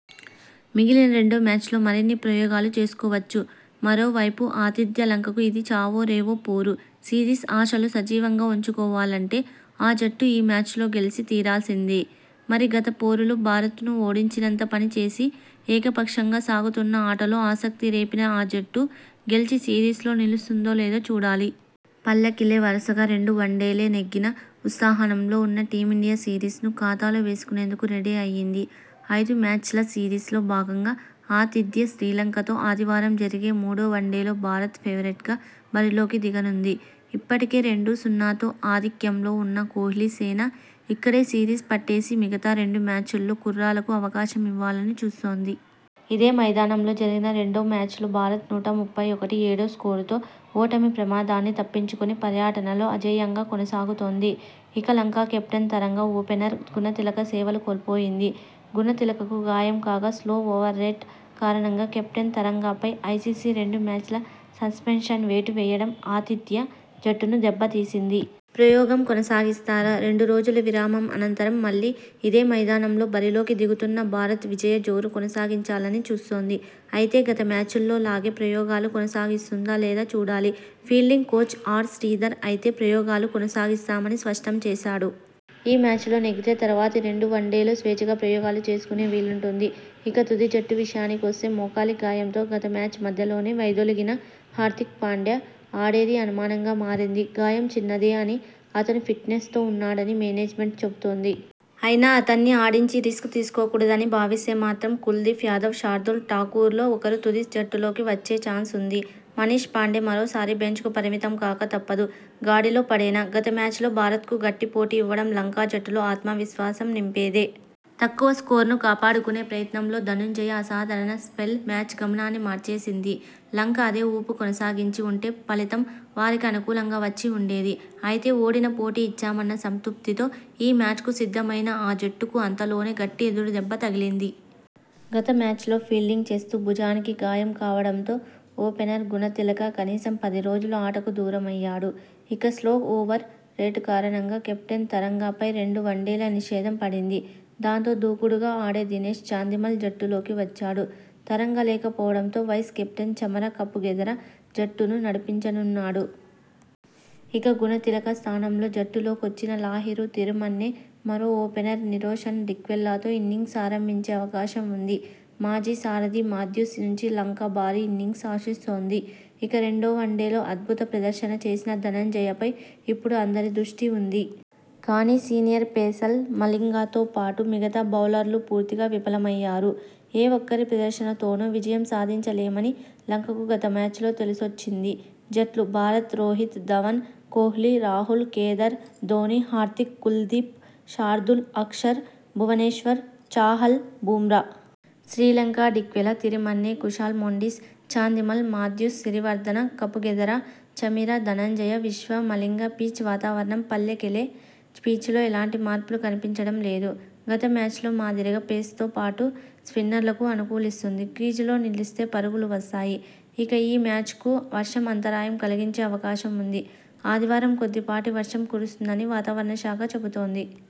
మిగిలిన రెండు మ్యాచ్ల్లో మరిన్ని ప్రయోగాలు చేసుకోవచ్చు..! మరోవైపు ఆతిథ్య లంకకు ఇది చావో రేవో పోరు! సిరీస్ ఆశలు సజీవంగా ఉంచుకోవాలంటే.. ఆ జట్టు ఈ మ్యాచ్లో గెలిచి తీరాల్సిందే..! మరి గత పోరులో భారత్ను ఓడించినంత పనిచేసి, ఏకపక్షంగా సాగుతున్న ఆటలో ఆసక్తి రేపిన ఆ జట్టు, గెలిచి సిరీస్లో నిలుస్తుందో లేదో చూడాలి..! పల్లెకెలె వరుసగా రెండు వన్డేల నెగ్గిన ఉస్తాహం లో ఉన్న టీమిండియా సిరీస్ను ఖాతాలో వేసుకునేందుకు రెడీ అయింది. ఐదు మ్యాచ్ల సిరీస్లో భాగంగా ఆతిథ్య శ్రీలంకతో ఆదివారం జరిగే మూడో వన్డేలో భారత్ ఫేవరెట్గా బరిలోకి దిగనుంది. ఇప్పటికే రెండు-సున్నాతో ఆధిక్యంలో ఉన్న కోహ్లీసేన ఇక్కడే సిరీస్ పట్టేసి మిగతా రెండు మ్యాచ్లల్లో కుర్రాళ్లకు అవకాశం ఇవ్వాలని చూస్తోంది. ఇదే మైదానంలో జరిగిన రెండో మ్యాచ్లో భారత్ నూట ముప్పై ఒకటి, ఏడు స్కోరుతో ఓటమి ప్రమాదాన్ని తప్పించుకొని పర్యటనలో అజేయంగా కొనసాగుతోంది. ఇక లంక కెప్టెన్ తరంగ, ఓపెనర్ గుణతిలక సేవలు కోల్పోయింది. గుణతిలకకు గాయం కాగా, స్లో ఓవర్రేట్ కారణంగా కెప్టెన్ తరంగపై ఐసీసీ రెండు మ్యాచ్ల సస్పెన్షన్ వేటు వేయడం ఆతిథ్య జట్టును దెబ్బతీసింది. ప్రయోగం కొనసాగిస్తారా.. రెండు రోజుల విరామం అనంతరం మళ్లీ ఇదే మైదానంలో బరిలోకి దిగుతున్న భారత్ విజయ జోరు కొనసాగించాలని చూస్తోంది. అయితే, గత మ్యాచ్లో లాగే ప్రయోగాలు కొనసాగిస్తుందా లేదా చూడాలి. ఫీల్డింగ్ కోచ్ ఆర్ శ్రీధర్ అయితే ప్రయోగాలు కొనసాగిస్తామని స్పష్టం చేశాడు. ఈ మ్యాచ్లో నెగ్గితే తర్వాతి రెండు వన్డేల్లో స్వేచ్ఛగా ప్రయోగాలు చేసుకునే వీలుంటుంది. ఇక, తుది జట్టు విషయానికొస్తే మోకాలి గాయంతో గత మ్యాచ్ మధ్యలోనే వైదొలిగిన హార్దిక్ పాండ్యా ఆడేది అనుమానంగా మారింది. గాయం చిన్నదే అని, అతను ఫిట్నెస్తో ఉన్నాడని మేనేజ్మెంట్ చెబుతోంది. అయినా.. అతణ్ణి ఆడించి రిస్క్ తీసుకోకూడదని భావిస్తే మాత్రం కుల్దీప్ యాదవ్, శార్దూల్ ఠాకూర్లో ఒకరు తుది జట్టులోకి వచ్చే చాన్స్ ఉంది. మనీష్ పాండే మరోసారి బెంచ్కు పరిమితం కాక తప్పదు. గాడిలో పడేనా.. గత మ్యాచ్లో భారత్కు గట్టి పోటీ ఇవ్వడం లంక జట్టులో ఆత్మవిశ్వాసం నింపేదే. తక్కువ స్కోరును కాపాడుకునే ప్రయత్నంలో ధనంజయ అసాధారణ స్పెల్ మ్యాచ్ గమనాన్ని మార్చేసింది. లంక అదే ఊపు కొనసాగించి ఉంటే ఫలితం వారికి అనుకూలంగా వచ్చి ఉండేది. అయితే ఓడినా.. పోటీ ఇచ్చామన్న సంతృప్తితో ఈ మ్యాచ్కు సిద్ధమైన ఆ జట్టుకు అంతలోనే గట్టి ఎదురుదెబ్బ తగిలింది. గత మ్యాచ్లో ఫీల్డింగ్ చేస్తూ భుజానికి గాయం కావడంతో ఓపెనర్ గుణతిలక కనీసం పది రోజులు ఆటకు దూరమయ్యాడు. ఇక, స్లో ఓవర్ రేట్ కారణంగా కెప్టెన్ తరంగపై రెండు వన్డేల నిషేధం పడింది. దాంతో, దూకుడుగా ఆడే దినేష్ చాందిమల్ జట్టులోకి వచ్చాడు. తరంగ లేకపోవడంతో వైస్ కెప్టెన్ చమర కపుగెదర జట్టును నడిపించనున్నాడు. ఇక, గుణతిలక స్థానంలో జట్టులోకొచ్చిన లాహిరు తిరిమన్నె.. మరో ఓపెనర్ నిరోషన్ డిక్వెలాతో ఇన్నింగ్స్ ఆరంభించే అవకాశం ఉంది. మాజీ సారథి మాథ్యూస్ నుంచి లంక భారీ ఇన్నింగ్స్ ఆశిస్తోంది. ఇక, రెండో వన్డేలో అద్భుత ప్రదర్శన చేసిన ధనంజయపై ఇప్పుడు అందరి దృష్టి ఉంది. కానీ, సీనియర్ పేసల్ మలింగతో పాటు మిగతా బౌలర్లు పూర్తిగా విఫలమయ్యారు. ఏ ఒక్కరి ప్రదర్శనతోనో విజయం సాధించలే మని లంకకు గత మ్యాచ్లో తెలిసొచ్చింది. జట్లు భారత్ రోహిత్, ధవన్, కోహ్లీ, రాహుల్, కేదార్, ధోనీ, హార్దిక్, కుల్దీప్, శార్దూల్, అక్షర్, భువనేశ్వర్, చాహల్, బుమ్రా. శ్రీలంక డిక్వెలా, తిరిమన్నె, కుశాల్ మెండిస్, చాందిమల్, మాథ్యూస్, సిరివర్దన, కపుగెదెర, చమీర, ధనంజయ, విశ్వ, మలింగ. పిచ్ వాతావరణం పల్లెకెలె పిచ్లో ఎలాంటి మార్పులు కనిపించడం లేదు. గత మ్యాచ్లో మాదిరిగా పేస్తో పాటు స్పిన్నర్లకూ అనుకూలిస్తుంది. క్రీజులో నిలిస్తే పరుగులూ వస్తాయి. ఇక, ఈ మ్యాచ్కూ వర్షం అంతరాయం కలిగించే అవకాశం ఉంది. ఆదివారం కొద్దిపాటి వర్షం కురుస్తుందని వాతావరణ శాఖ చెబుతోంది.